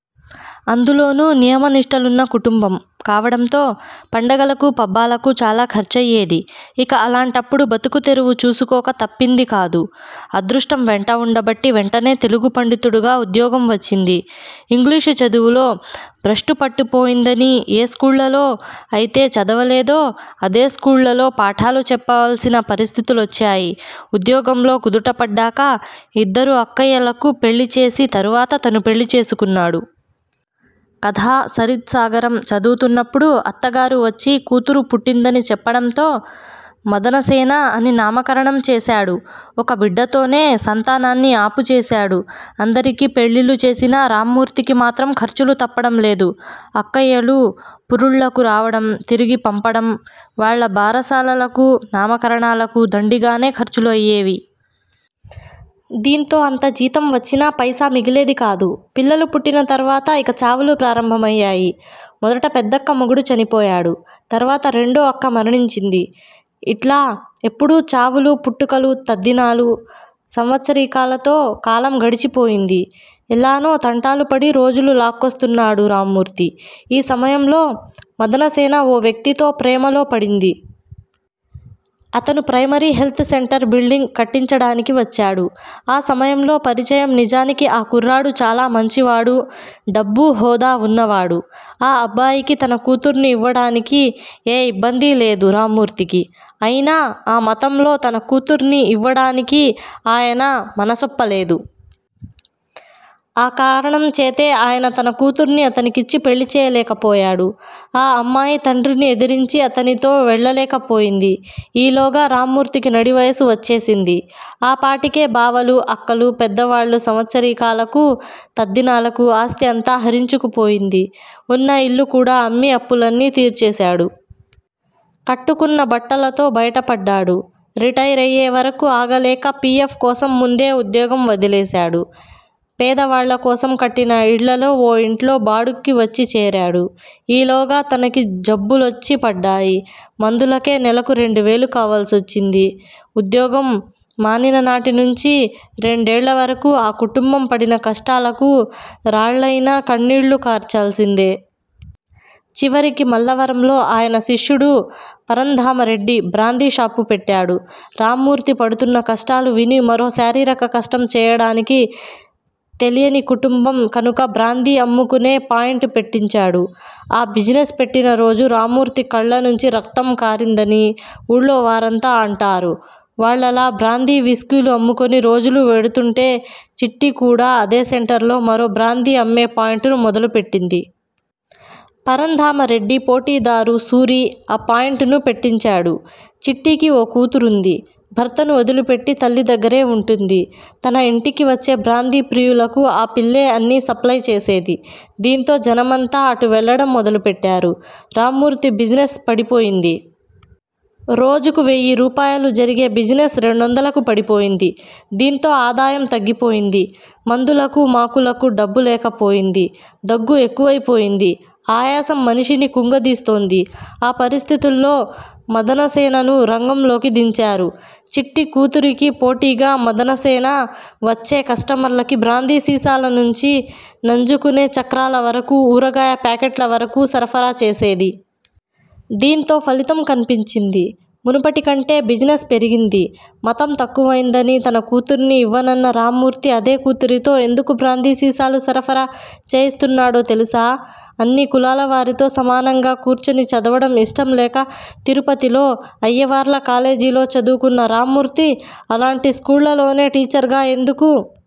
అందులోనూ నియమనిష్టలున్న కుటుంబం కావడంతో పండుగలకూ, పబ్బాలకూ చాలాఖర్చయ్యేది. ఇక అలాంటప్పుడు బతుకుతెరువు చూసుకోక తప్పిందికాదు. అదృష్టం వెంట వుండబట్టి వెంటనే తెలుగు పండితుడిగా ఉద్యోగం వచ్చింది. ఇంగ్లీషు చదువులో భ్రష్టుపట్టిపోయిందని ఏ స్కూళ్ళలో అయితే చదవలేదో ఆదే స్కూళ్ళలో పాఠాలు చెప్పాల్సిన పరిస్ధుతులొచ్చాయి. ఉద్యోగంలో కుదుటపడ్డాక ఇద్దరు అక్కయ్యలకు పెళ్ళిచేసి తరువాత తను పెళ్ళి చేసుకున్నాడు. కథాసరిత్సాగరం చదువుతున్నప్పుడు అత్తగారు వచ్చి కూతురు పుట్టిందని చెప్పడంతో మదనసేన అని నామకరణం చేశాడు. ఒక బిడ్డతోనే సంతానాన్ని అపుచేశాడు. అందరికి పెళ్ళిళ్ళు చేసినా రామ్మూర్తికి మాత్రం ఖర్చులు తప్పడం లేదు. అక్కయ్యలు పురుళ్ళకు రావడం, తిరిగి పంపడం, వాళ్ళ బారసాలలకు, నామకరణాలకు దండిగానే ఖర్చులు అయ్యేవి. దీంతో అంత జీతం వచ్చినా పైసా మిగిలేదికాదు. పిల్లలు పుట్టిన తర్వాత ఇక చావులు ప్రారంభమయ్యాయి. మొదట పెద్దక్క మొగుడు చనిపోయాడు. తరువాత రెండో అక్క మరణించింది. ఇట్లా ఎప్పుడూ చావులు, పుట్టుకలు, తద్దినాలు, సంవత్సరీకాలతో కాలం గడిచిపోయింది. ఎల్లానో తంటాలుపడి రోజులు లాక్కొస్తున్నాడు. రామ్మూర్తి ఈ సమయంలో మదనసేన ఓ వ్యక్తితో ప్రేమలో పడింది. అతను ప్రైమరి హెల్త్ సెంటర్ బిల్డింగ్ కట్టించడానికి వచ్చాడు. ఆ సమయంలో పరిచయం నిజానికి ఆ కుర్రాడు చాలా మంచివాడు. డబ్బూ, హోదా వున్నావాడు. ఆ అబ్బాయికి తన కూతుర్ని ఇవ్వడానికి ఏ ఇబ్బంది లేదు. రామ్మూర్తికి. అయినా ఆ మతంలో తన కూతుర్ని ఇవ్వడానికి ఆయన మనసొప్పలేదు. ఆ కారణంచేతే ఆయన తన కూతుర్ని అతనికిచ్చి పెళ్ళిచేయలేకపోయాడు. ఆ అమ్మాయి తండ్రిని ఎదిరించి అతనితో వెళ్ళలేకపోయింది. ఈలోగా రామ్మూర్తికి నడివయసు వచ్చేసింది. ఆ పాటికే బావలు, అక్కలు, పెద్దవాళ్ళ సంవత్సరీకాలకు, తద్దినాలకు ఆస్తి అంతా హరించుకుపోయింది. ఉన్న ఇల్లు కూడా అమ్మి అప్పులన్నీ తీర్చేశాడు. కట్టుకున్న బట్టలతో బయటపడ్డాడు. రిటైరయ్యేవరకు అగలేక పి. ఎఫ్. కోసం ముందే ఉద్యోగం వదిలేశాడు. పేదవాళ్ళకోసం కట్టిన ఇళ్ళలో ఓ ఇంట్లో బాడుక్కి వచ్చిచేరాడు. ఈలోగా తనకి జబ్బులొచ్చి పడ్డాయి. మందులకే నెలకు రెండువేలు కావాల్సొచ్చింది. ఉద్యోగం మానిననాటినుంచి రెండేళ్ళవరకు ఆ కుటుంబం పడిన కష్టాలకు రాళ్ళయినా కన్నీళ్ళు కార్చాల్సిందే. చివరికి మల్లవరంలో ఆయన శిష్యుడు పంరంధామరెడ్డి బ్రాంది షాపు పెట్టాడు. రామ్మూర్తి పడుతున్న కష్టాలు విని మరో శారీరక కష్టం చేయడానికి తెలియని కుటుంబం కనుక బ్రాంది అమ్ముకునే పాయింట్ పెట్టించాడు. ఆ బిజినెస్ పెట్టినరోజు రామ్మూర్తి కళ్ళనుంచి రక్తం కారిందని వూర్లోవాళ్ళంతా అంటారు. వాళ్ళలా బ్రాందీ, విస్కీలు, అమ్ముకుని రోజులు వెడుతుండే చిట్టి కూడా అదే సెంటర్ లో మరో బ్రాందీ అమ్మే పాయింట్ ను మొదలుపెట్టింది. పరంధామారెడ్డి పోటిదారు సూరీ ఆ పాయింట్ ను పెట్టంచాడు. చిట్టికి ఓ కూతురుంది. భర్తను వదిలిపెట్టి తల్లి దగ్గరే వుంటుంది. తన ఇంటికి వచ్చే బ్రాంది ప్రియులకు ఆ పిల్లే అన్నీ సప్లయ్ చేసేది. దీంతో జనమంతా అటూ వెళ్ళడం మొదలుపెట్టారు. రామ్మూర్తి బిజినెస్ పడిపోయింది. రోజుకి వెయ్యి రూపాయలు జరిగే బిజినెస్ రెండొందలకు పడిపోయింది. దీంతో ఆదాయం తగ్గిపోయింది. మందులకు మాకులకు డబ్బులేకపోయింది. దగ్గు ఎక్కువైపోయింది. ఆయాసం మనిషిని కుంగదీస్తోంది. ఆ పరిస్దితుల్లో మదనసేనను రంగంలోకి దించారు. చిట్టి కూతురికి పోటిగా మదనసేన వచ్చే కస్టమర్లకి బ్రాందీ సీసాలనుంచి నంజుకునే చక్రాల వరకు, ఊరగాయల ప్యాకెట్లవరకు, సరఫరా చేసేది. దీంతో ఫలితం కన్పించింది. ముసుపటికంటే బిజినెస్ పెరిగింది. మతం తక్కువైందని తన కూతుర్ని ఇవ్వనన్న రామ్మూర్తి అదే కూతురితో ఎందుకు బ్రాంది సీసాలు సరఫరా చేయిస్తున్నాడో తెలుసా? అన్ని కులాలవారితో సమానంగా కూర్చుని చదవడం ఇష్టంలేక తిరుపతిలో అయ్యవార్ల కాలేజీలో చదువుకున్న రామ్మూర్తి అలాంటి స్కూళ్లలోనే టీచర్ గా ఎందుకు